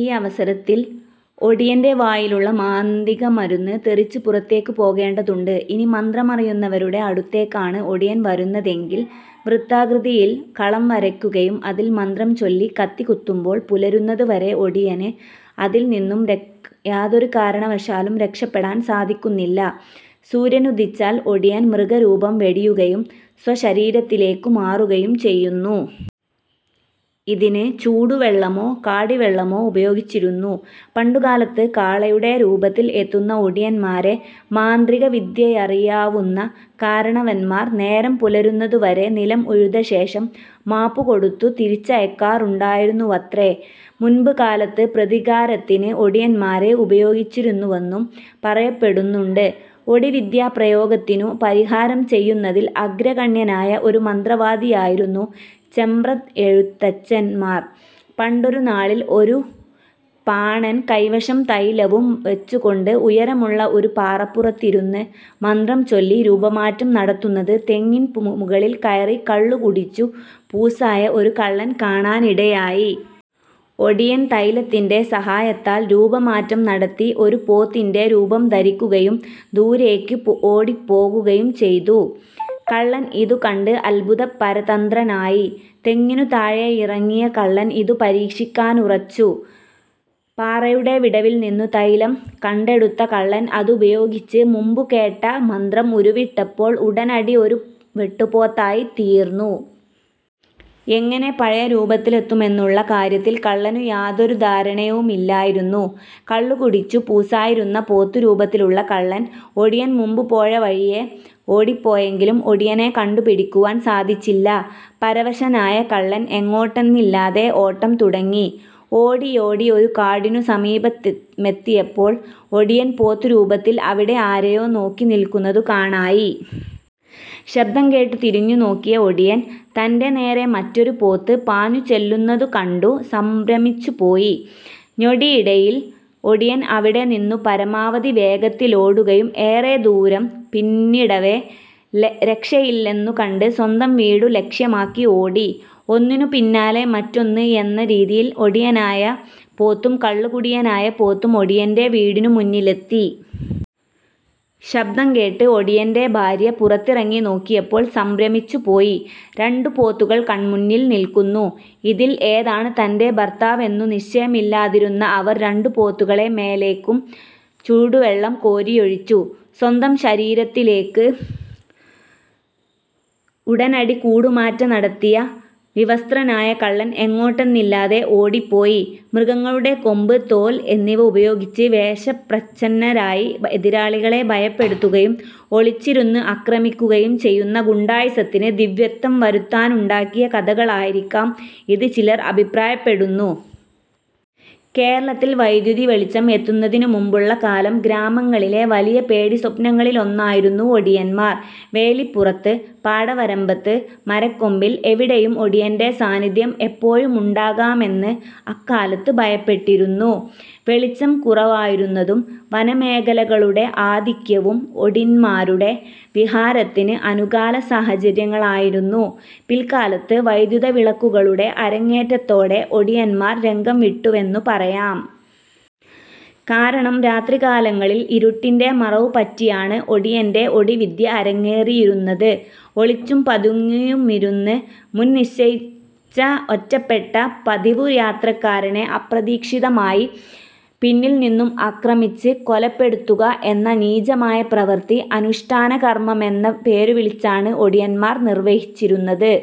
ഈ അവസരത്തിൽ ഒടിയന്റെ വായിലുള്ള മാന്തികമരുന്ന് തെറിച്ച് പുറത്തേയ്ക്കു പോകേണ്ടതുണ്ട്. ഇനി മന്ത്രമറിയുന്നവരുടെ അടുത്തേക്കാണ് ഒടിയൻ വരുന്നതെങ്കിൽ, വൃത്താകൃതിയിൽ കളം വരയുകയും അതിൽ മന്ത്രം ചൊല്ലി കത്തി കുത്തുമ്പോൾ പുലരുന്നത് വരെ ഒടിയന് അതിൽ നിന്നും യാതൊരു കാരണവശാലും രക്ഷപെടാൻ സാധിക്കുന്നില്ല. സൂര്യനുദിച്ചാൽ ഒടിയൻ മൃഗരൂപം വെടിയുകയും സ്വശരീരത്തിലേയ്ക്കു മാറുകയും ചെയ്യുന്നു. ഇതിന് ചൂടുവെള്ളമോ കാടിവെള്ളമോ ഉപയോഗിച്ചിരുന്നു. പണ്ടുകാലത്ത് കാളയുടെ രൂപത്തിൽ എത്തുന്ന ഒടിയൻമാരെ മാന്ത്രികവിദ്യറിയാവുന്ന കാരണവന്മാർ നേരം പുലരുന്നതുവരെ നിലം ഉഴുതശേഷം മാപ്പ് കൊടുത്തു തിരിച്ചയയ്ക്കാറുണ്ടായിരുന്നുവത്രേ. മുൻപ് കാലത്ത് പ്രതികാരത്തിന് ഒടിയൻമാരെ ഉപയോഗിച്ചിരുന്നുവെന്നും പറയപ്പെടുന്നുണ്ട്. ഒടിവിദ്യാ പ്രയോഗത്തിനു പരിഹാരം ചെയ്യുന്നതിൽ അഗ്രഗണ്യനായ ഒരു മന്ത്രവാദിയായിരുന്നു ചെമ്പ്രയെഴുത്തച്ഛന്മാർ. പണ്ടൊരു നാളിൽ ഒരു പാണൻ കൈവശം തൈലവും വച്ചുകൊണ്ട് ഉയരമുള്ള ഒരു പാറപ്പുറത്തിരുന്ന് മന്ത്രം ചൊല്ലി രൂപമാറ്റം നടത്തുന്നത് തെങ്ങിൻ മുകളിൽ കയറി കള്ളു കുടിച്ചു പൂസായ ഒരു കള്ളൻ കാണാനിടയായി. ഒടിയൻ, തൈലത്തിന്റെ സഹായത്താൽ രൂപമാറ്റം നടത്തി ഒരു പോത്തിന്റെ രൂപം ധരിക്കുകയും ദൂരേയ്ക്കു് ഓടിപ്പോകുകയും ചെയ്തു. കള്ളൻ ഇതുകണ്ട് അത്ഭുത പരതന്ത്രനായി. തെങ്ങിനു ത്ഴെയിറങ്ങിയ കള്ളൻ ഇതു പരീക്ഷിക്കാനുറച്ചു. പാറയുടെ വിടവിൽനിന്നു തൈലം കണ്ടെടുത്ത കള്ളൻ അതുപയോഗിച്ച് മുമ്പുകേട്ട മന്ത്രം ഉരുവിട്ടപ്പോൾ ഉടനടി ഒരു വെട്ടുപോത്തായിത്തീർന്നു. എങ്ങനെ പഴയ രൂപത്തിലെത്തുമെന്നുള്ള കാര്യത്തിൽ കള്ളനു യാതൊരു ധാരണയുമില്ലായിരുന്നു. കളളുകുടിച്ചു പൂസായിരുന്ന പോത്തു രൂപത്തിലുള്ള കള്ളൻ, ഒടിയൻ മുമ്പു പോയ വഴിയേ ഓടിപ്പോയെങ്കിലും ഒടിയനെ കണ്ടുപിടിക്കുവാൻ സാധിച്ചില്ല. പരവശനായ കള്ളൻ എങ്ങോട്ടെന്നില്ലാതെ ഓട്ടം തുടങ്ങി. ഓടിയോടി ഒരു കാടിനു സമീപമെത്തിയപ്പോൾ ഒടിയൻ പോത്തുരൂപത്തിൽ അവിടെ ആരെയോ നോക്കി നിൽക്കുന്നതു കാണായി. ശബ്ദം കേട്ടു തിരിഞ്ഞുനോക്കിയ ഒടിയൻ തന്റെ നേരേ മറ്റൊരു പോത്ത് പാഞ്ഞുചെല്ലുന്നതു കണ്ടു സംഭ്രമിച്ചുപോയി. ഞൊടിയിടയിൽ ഒടിയൻ അവിടെനിന്നു പരമാവധി വേഗത്തിലോടുകയും ഏറെ ദൂരം പിന്നിടവേ രക്ഷയില്ലെന്നു കണ്ട് സ്വന്തം വീടു ലക്ഷ്യമാക്കി ഓടി. ഒന്നിനു പിന്നാലെ മറ്റൊന്ന് എന്ന രീതിയിൽ ഒടിയനായ പോത്തും കള്ളുകുടിയനായ പോത്തും ഒടിയന്റെ വീടിനു മുന്നിലെത്തി. ശബ്ദം കേട്ട് ഒടിയന്റെ ഭാര്യ പുറത്തിറങ്ങി നോക്കിയപ്പോൾ സംഭ്രമിച്ചു പോയി. രണ്ടു പോത്തുകൾ കൺമുന്നിൽ നിൽക്കുന്നു. ഇതിൽ ഏതാണ് തന്റെ ഭർത്താവെന്നു നിശ്ചയമില്ലാതിരുന്ന അവർ രണ്ടു പോത്തുകളെ മേലേയ്ക്കും ചൂടുവെള്ളം കോരിയൊഴിച്ചു. സ്വന്തം ശരീരത്തിലേയ്ക്കു ഉടനടി കൂടുമാറ്റ നടത്തിയ വിവസ്ത്രനായ കള്ളൻ എങ്ങോട്ടെന്നില്ലാതെ ഓടിപ്പോയി. മൃഗങ്ങളുടെ കൊമ്പ്, തോൽ എന്നിവ ഉപയോഗിച്ച് വേഷപ്രശ്ചന്നരായി എതിരാളികളെ ഭയപ്പെടുത്തുകയും ഒളിച്ചിരുന്ന് ആക്രമിക്കുകയും ചെയ്യുന്ന ഗുണ്ടായിസത്തിന് ദിവ്യത്വം വരുത്താനുണ്ടാക്കിയ കഥകളായിരിക്കാം ഇത് ചിലർ അഭിപ്രായപ്പെടുന്നു. കേരളത്തിൽ വൈദ്യുതി വെളിച്ചം എത്തുന്നതിനു മുമ്പുള്ള കാലം ഗ്രാമങ്ങളിലെ വലിയ പേടിസ്വപ്നങ്ങളിലൊന്നായിരുന്നു ഒടിയന്മാർ. വേലിപ്പുറത്ത്, പാടവരമ്പത്ത്, മരക്കൊമ്പിൽ എവിടെയും ഒടിയന്റെ സാന്നിധ്യം എപ്പോഴുമുണ്ടാകാമെന്ന് അക്കാലത്ത് ഭയപ്പെട്ടിരുന്നു. വെളിച്ചം കുറവായിരുന്നതും വനമേഖലകളുടെ ആധിക്യവും ഒടിന്മാരുടെ വിഹാരത്തിന് അനുകാല സാഹചര്യങ്ങളായിരുന്നു. പിൽക്കാലത്ത് വൈദ്യുത വിളക്കുകളുടെ അരങ്ങേറ്റത്തോടെ ഒടിയന്മാർ രംഗം വിട്ടുവെന്നു പറയാം. കാരണം, രാത്രികാലങ്ങളിൽ ഇരുട്ടിന്റെ മറവു പറ്റിയാണ് ഒടിയന്റെ ഒടി വിദ്യ അരങ്ങേറിയിരുന്നത്. ഒളിച്ചും പതുങ്ങിയുമിരുന്ന് മുൻ നിശ്ചയിച്ച ഒറ്റപ്പെട്ട പതിവു യാത്രക്കാരനെ അപ്രതീക്ഷിതമായി പിന്നിൽ നിന്നും ആക്രമിച്ച് കൊലപ്പെടുത്തുക എന്ന നീചമായ പ്രവൃത്തി, അനുഷ്ഠാന കർമ്മമെന്ന പേരുവിളിച്ചാണ് ഒടിയൻമാർ നിർവ്വഹിച്ചിരുന്നത്.